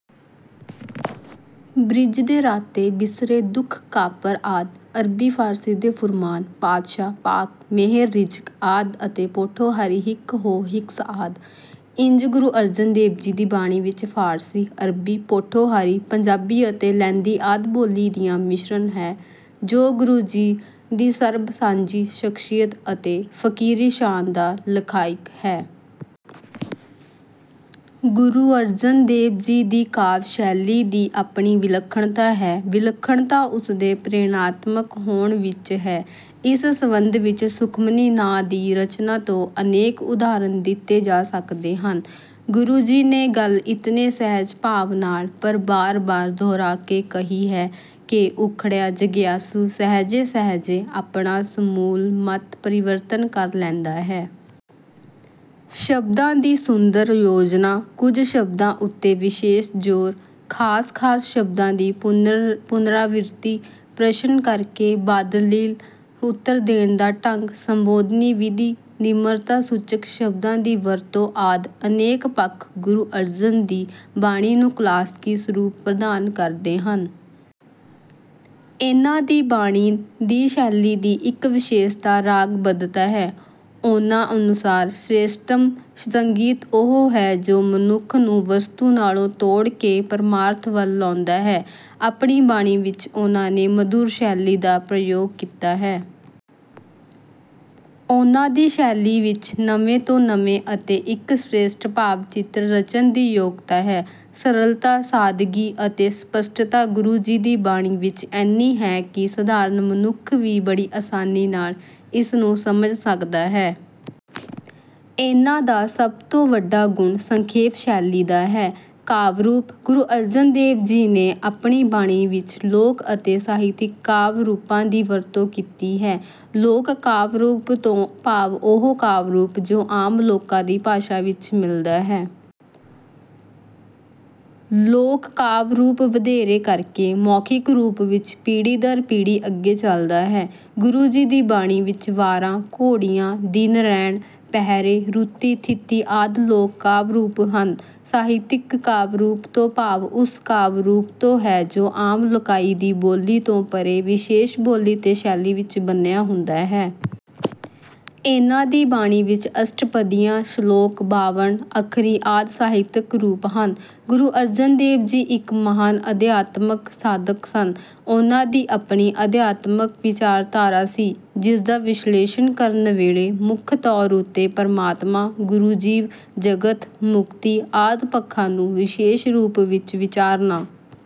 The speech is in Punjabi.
ਬ੍ਰਿਜ ਦੇ ਰਾਤੇ, ਬਿਸਰੈ, ਦੂਖ, ਕਾਪਰ ਆਦਿ। ਅਰਬੀ ਫ਼ਾਰਸੀ ਦੇ ਫੁਰਮਾਨ, ਪਾਤਸ਼ਾਹ, ਪਾਕ, ਮਿਹਰ, ਰਿਜ਼ਕ ਆਦਿ ਅਤੇ ਪੋਠੋਹਾਰੀ ਹਿਕ, ਹਉ, ਹਿਕਸ ਆਦਿ। ਇੰਝ ਗੁਰੂ ਅਰਜਨ ਦੇਵ ਜੀ ਦੀ ਬਾਣੀ ਵਿੱਚ ਫ਼ਾਰਸੀ, ਅਰਬੀ, ਪੋਠੋਹਾਰੀ, ਪੰਜਾਬੀ ਅਤੇ ਲਹਿੰਦੀ ਆਦਿ ਬੋਲੀਆਂ ਦਾ ਮਿਸ਼ਰਨ ਹੈ ਜੋ ਗੁਰੂ ਜੀ ਦੀ ਸਰਬ ਸਾਂਝੀ ਸ਼ਖ਼ਸੀਅਤ ਅਤੇ ਫ਼ਕੀਰੀ ਸ਼ਾਨ ਦਾ ਲਖਾਇਕ ਹੈ। ਗੁਰੂ ਅਰਜਨ ਦੇਵ ਜੀ ਦੀ ਕਾਵਿ ਸ਼ੈਲੀ ਦੀ ਆਪਣੀ ਵਿਲੱਖਣਤਾ ਹੈ। ਵਿਲੱਖਣਤਾ ਉਸਦੇ ਪ੍ਰੇਰਣਾਤਮਕ ਹੋਣ ਵਿੱਚ ਹੈ। ਇਸ ਸਬੰਧ ਵਿੱਚ ਸੁਖਮਨੀ ਨਾਂ ਦੀ ਰਚਨਾ ਤੋਂ ਅਨੇਕ ਉਦਾਹਰਨ ਦਿੱਤੇ ਜਾ ਸਕਦੇ ਹਨ। ਗੁਰੂ ਜੀ ਨੇ ਗੱਲ ਇਤਨੇ ਸਹਿਜ ਭਾਵ ਨਾਲ ਪਰ ਬਾਰ ਬਾਰ ਦੋਹਰਾ ਕੇ ਕਹੀ ਹੈ ਕਿ ਉਖੜਿਆ ਜਗਿਆਸੂ ਸਹਿਜੇ ਸਹਿਜੇ ਆਪਣਾ ਸਮੂਲ ਮਤ ਪਰਿਵਰਤਨ ਕਰ ਲੈਂਦਾ ਹੈ। ਸ਼ਬਦਾਂ ਦੀ ਸੁੰਦਰ ਯੋਜਨਾ, ਕੁਝ ਸ਼ਬਦਾਂ ਉੱਤੇ ਵਿਸ਼ੇਸ਼ ਜ਼ੋਰ, ਖਾਸ ਖਾਸ ਸ਼ਬਦਾਂ ਦੀ ਪੁਨਰਾਵ੍ਰਿਤੀ, ਪ੍ਰਸ਼ਨ ਕਰਕੇ ਬਾਦਲੀਲ ਉਤਰ ਦੇਣ ਦਾ ਢੰਗ, ਸੰਬੋਧਨੀ ਵਿਧੀ, ਨਿਮਰਤਾ ਸੂਚਕ ਸ਼ਬਦਾਂ ਦੀ ਵਰਤੋਂ ਆਦਿ ਅਨੇਕ ਪੱਖ ਗੁਰੂ ਅਰਜਨ ਦੀ ਬਾਣੀ ਨੂੰ ਕਲਾਸਕੀ ਸਰੂਪ ਪ੍ਰਦਾਨ ਕਰਦੇ ਹਨ। ਇਨ੍ਹਾਂ ਦੀ ਬਾਣੀ ਦੀ ਸ਼ੈਲੀ ਦੀ ਇੱਕ ਵਿਸ਼ੇਸ਼ਤਾ ਰਾਗ ਬੱਧਤਾ ਹੈ। ਉਨ੍ਹਾਂ ਅਨੁਸਾਰ ਸ੍ਰੇਸ਼ਟਤਮ ਸੰਗੀਤ ਉਹ ਹੈ ਜੋ ਮਨੁੱਖ ਨੂੰ ਵਸਤੂ ਨਾਲੋਂ ਤੋੜ ਕੇ ਪਰਮਾਰਥ ਵੱਲ ਲਾਉਂਦਾ ਹੈ। ਆਪਣੀ ਬਾਣੀ ਵਿੱਚ ਉਨ੍ਹਾਂ ਨੇ ਮਧੁਰ ਸ਼ੈਲੀ ਦਾ ਪ੍ਰਯੋਗ ਕੀਤਾ ਹੈ। ਉਨ੍ਹਾਂ ਦੀ ਸ਼ੈਲੀ ਵਿੱਚ ਨਵੇਂ ਤੋਂ ਨਵੇਂ ਅਤੇ ਇੱਕ ਸ਼੍ਰੇਸਟ ਭਾਵ ਚਿੱਤਰ ਰਚਣ ਦੀ ਯੋਗਤਾ ਹੈ। ਸਰਲਤਾ, ਸਾਦਗੀ ਅਤੇ ਸਪਸ਼ਟਤਾ ਗੁਰੂ ਜੀ ਦੀ ਬਾਣੀ ਵਿੱਚ ਇੰਨੀ ਹੈ ਕਿ ਸਧਾਰਨ ਮਨੁੱਖ ਵੀ ਬੜੀ ਆਸਾਨੀ ਨਾਲ ਇਸ ਨੂੰ ਸਮਝ ਸਕਦਾ ਹੈ। ਇਨ੍ਹਾਂ ਦਾ ਸਭ ਤੋਂ ਵੱਡਾ ਗੁਣ ਸੰਖੇਪ ਸ਼ੈਲੀ ਦਾ ਹੈ। ਕਾਵਿ ਰੂਪ: ਗੁਰੂ ਅਰਜਨ ਦੇਵ ਜੀ ਨੇ ਆਪਣੀ ਬਾਣੀ ਵਿੱਚ ਲੋਕ ਅਤੇ ਸਾਹਿਤਕ ਕਾਵਿ ਰੂਪਾਂ ਦੀ ਵਰਤੋਂ ਕੀਤੀ ਹੈ। ਲੋਕ ਕਾਵਿ ਰੂਪ ਤੋਂ ਭਾਵ ਉਹ ਕਾਵਿ ਰੂਪ ਜੋ ਆਮ ਲੋਕਾਂ ਦੀ ਭਾਸ਼ਾ ਵਿੱਚ ਮਿਲਦਾ ਹੈ। ਲੋਕ ਕਾਵਿ ਰੂਪ ਵਧੇਰੇ ਕਰਕੇ ਮੌਖਿਕ ਰੂਪ ਵਿੱਚ ਪੀੜ੍ਹੀ ਦਰ ਪੀੜ੍ਹੀ ਅੱਗੇ ਚਲਦਾ ਹੈ। ਗੁਰੂ ਜੀ ਦੀ ਬਾਣੀ ਵਿੱਚ ਵਾਰਾਂ, ਘੋੜੀਆਂ, ਦਿਨ ਰੈਣਿ, ਪਹਿਰੇ, ਰੁਤੀ, ਥਿਤੀ ਆਦਿ ਲੋਕ ਕਾਵਿ ਰੂਪ ਹਨ। ਸਾਹਿਤਕ ਕਾਵਿ ਰੂਪ ਤੋਂ ਭਾਵ ਉਸ ਕਾਵਿ ਰੂਪ ਤੋਂ ਹੈ ਜੋ ਆਮ ਲੋਕਾਈ ਦੀ ਬੋਲੀ ਤੋਂ ਪਰ੍ਹੇ ਵਿਸ਼ੇਸ਼ ਬੋਲੀ ਤੇ ਸ਼ੈਲੀ ਵਿੱਚ ਬੰਨ੍ਹਿਆ ਹੁੰਦਾ ਹੈ। ਇਨ੍ਹਾਂ ਦੀ ਬਾਣੀ ਵਿੱਚ ਅਸ਼ਟਪਦੀਆਂ, ਸ਼ਲੋਕ, ਬਾਵਨ ਅੱਖਰੀ ਆਦਿ ਸਾਹਿਤਕ ਰੂਪ ਹਨ। ਗੁਰੂ ਅਰਜਨ ਦੇਵ ਜੀ ਇੱਕ ਮਹਾਨ ਅਧਿਆਤਮਕ ਸਾਧਕ ਸਨ। ਉਨ੍ਹਾਂ ਦੀ ਆਪਣੀ ਅਧਿਆਤਮਕ ਵਿਚਾਰਧਾਰਾ ਸੀ ਜਿਸ ਦਾ ਵਿਸ਼ਲੇਸ਼ਣ ਕਰਨ ਵੇਲੇ ਮੁੱਖ ਤੌਰ ਉੱਤੇ ਪਰਮਾਤਮਾ, ਗੁਰੂ, ਜੀਵ, ਜਗਤ, ਮੁਕਤੀ ਆਦਿ ਪੱਖਾਂ ਨੂੰ ਵਿਸ਼ੇਸ਼ ਰੂਪ ਵਿੱਚ ਵਿਚਾਰਨਾ...